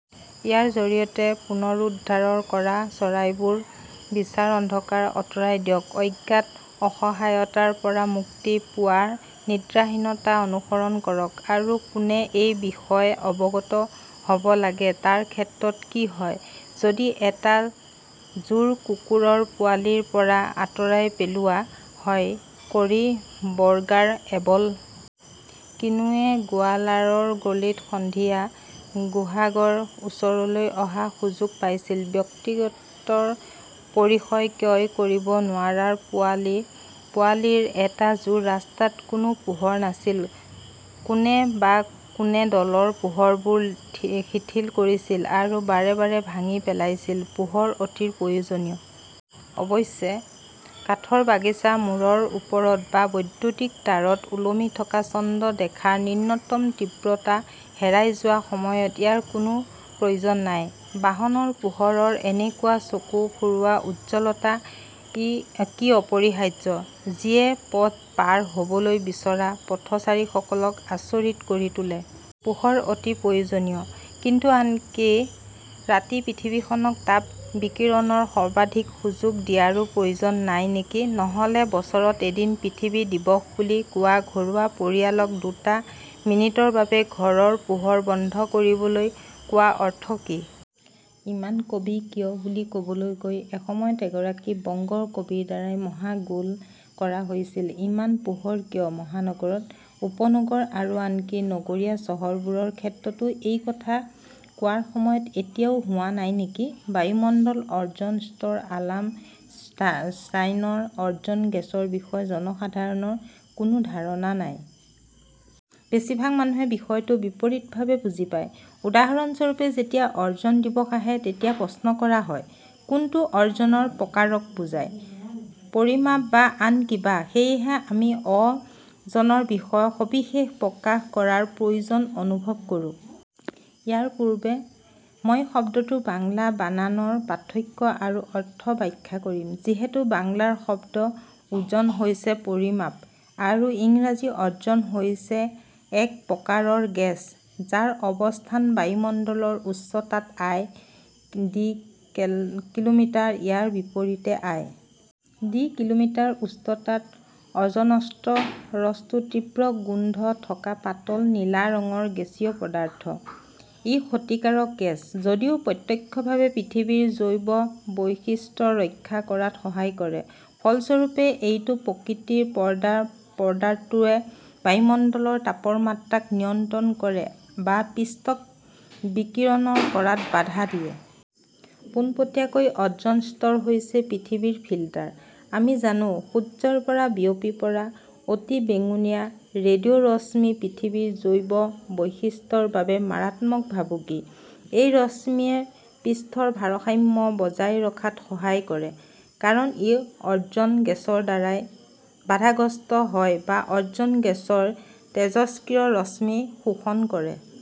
ইয়াৰ জৰিয়তে পুনৰুদ্ধাৰৰ কৰা চৰাইবোৰ বিচাৰ অন্ধকাৰ অতৰাই দিয়ক, অজ্ঞাত অসহায়তাৰ পৰা মুক্তি পোৱা নিদ্ৰাহীনতা অনুসৰণ কৰক, আৰু কোনে এই বিষয়ে অৱগত হ 'ব লাগে! তাৰ ক্ষেত্ৰত কি হয়, যদি এটা যোৰ কুকুৰৰ-পোৱালিৰ পৰা আঁতৰাই পেলোৱা হয়, কৰি-বৰ্গাৰ এবল! কিনুৱে গোৱালাৰৰ গলিত সন্ধিয়া-গোহাগৰ ওচৰলৈ অহা সুযোগ পাইছিল, ব্যক্তিগত পৰিসয় ক্ৰয় কৰিব নোৱাৰা পোৱালি-পোৱালিৰ এটা যোৰা, ৰাস্তাত কোনো পোহৰ নাছিল, কোনে বা কোনে দলৰ পোহৰবোৰ শিথিল কৰিছিল আৰু বাৰে বাৰে ভাঙি পেলাইছিল। পোহৰ অতি প্ৰয়োজনীয়। অৱশ্যে, কাঠৰ বাগিচাৰ মূৰৰ ওপৰত বা বৈদ্যুতিক তাঁৰত ওলমি থকা চন্দ্ৰ দেখাৰ নৃন্যতম তীব্ৰতা হেৰাই যোৱাৰ সময়ত ইয়াৰ কোনো প্ৰয়োজন নাই। বাহনৰ পোহৰৰ এনেকুৱা চকু ফুৰোৱা উজ্জ্বলতা কি অপৰিহাৰ্য, যিয়ে পথ পাৰ হ'বলৈ বিচৰা পথচাৰীসকলক আচৰিত কৰি তোলে? পোহৰ অতি প্ৰয়োজনীয়, কিন্তু আনকি ৰাতি পৃথিৱীখনক তাপ বিকিৰণৰ সৰ্বাধিক সুযোগ দিয়াৰো প্ৰয়োজন নাই নেকি? নহ'লে বছৰত এদিন 'পৃথিৱী দিৱস' বুলি কোৱা ঘৰুৱা পৰিয়ালক দুটা মিনিটৰ বাবে ঘৰৰ পোহৰ বন্ধ কৰিবলৈ কোৱাৰ অৰ্থ কি? 'ইমান কবি কিয়' বুলি ক'বলৈ গৈ এসময়ত এগৰাকী বঙ্গ কবিৰ দ্বাৰা মহা গোল কৰা হৈছিল। ইমান পোহৰ কিয়-মহানগৰ, উপনগৰ আৰু আনকি নগৰীয়া চহৰবোৰৰ ক্ষেত্ৰতো এই কথা কোৱাৰ সময় এতিয়াও হোৱা নাই নেকি? বায়ুমণ্ডলৰ অ'জন স্তৰ আলাম শ্বাইন অ'জন গেছৰ বিষয়ে জনসাধাৰণৰ কোনো ধাৰণা নাই। বেছিভাগ মানুহে বিষয়টো বিপৰীতভাৱে বুজি পায়। উদাহৰণস্বৰূপে, যেতিয়া অ'জন দিৱস আহে, তেতিয়া প্ৰশ্ন কৰা হয়, কোনটো অ'জনৰ প্ৰকাৰক বুজায়? পৰিমাপ বা আন কিবা! সেয়েহে আমি অ "জনৰ বিষয়ে সবিশেষ প্ৰকাশ কৰাৰ প্ৰয়োজন অনুভৱ কৰোঁ। ইয়াৰ পূৰ্বে, মই শব্দটোৰ বাংলা বানানৰ পাৰ্থক্য আৰু অৰ্থ ব্যাখ্যা কৰিম। যিহেতু বাংলা শব্দ 'ওজন' হৈছে পৰিমাপ আৰু ইংৰাজী অ'জন হৈছে এক প্ৰকাৰৰ গেছ, যাৰ অৱস্থান বায়ুমণ্ডলৰ উচ্চতাত আই. ডি. কেল কিলোমিটাৰ, ইয়াৰ বিপৰীতে আই. ডি. কিলোমিটাৰ উচ্চতাত। অ'জনষ্ট" ৰচটো তীব্ৰ গোন্ধ থকা পাতল নীলা ৰঙৰ গেছীয় পদাৰ্থ। ই ক্ষতিকাৰক গেছ যদিও প্ৰত্যক্ষভাৱে পৃথিৱীৰ জৈৱ বৈশিষ্ট ৰক্ষা কৰাত সহায় কৰে। ফলস্বৰূপে, এইটো প্ৰকৃতিৰ পৰ্দা, পৰ্দাটোৱে বায়ুমণ্ডলৰ তাপৰমাত্ৰাক নিয়ন্ত্ৰণ কৰে বা পৃষ্ঠক বিকিৰণ কৰাত বাধা দিয়ে। পোনপটীয়াকৈ, অ'জন স্তৰ হৈছে পৃথিৱীৰ ফিল্টাৰ। আমি জানো, সূৰ্যৰ পৰা বিয়পি পৰা অতিবেঙুনীয়া ৰেডিঅ' ৰশ্মি পৃথিৱীৰ জৈৱ বৈচিত্ৰ্যৰ বাবে মাৰাত্মক ভাবুকি। এই ৰশ্মিয়ে পৃষ্ঠৰ ভাৰসাম্য বজাই ৰখাত সহায় কৰে কাৰণ ই অ'জন গেছৰ দ্বাৰা বাধাগ্ৰস্ত হয় বা অ'জন গেছৰ তেজস্ক্ৰিয় ৰশ্মি শোষণ কৰে।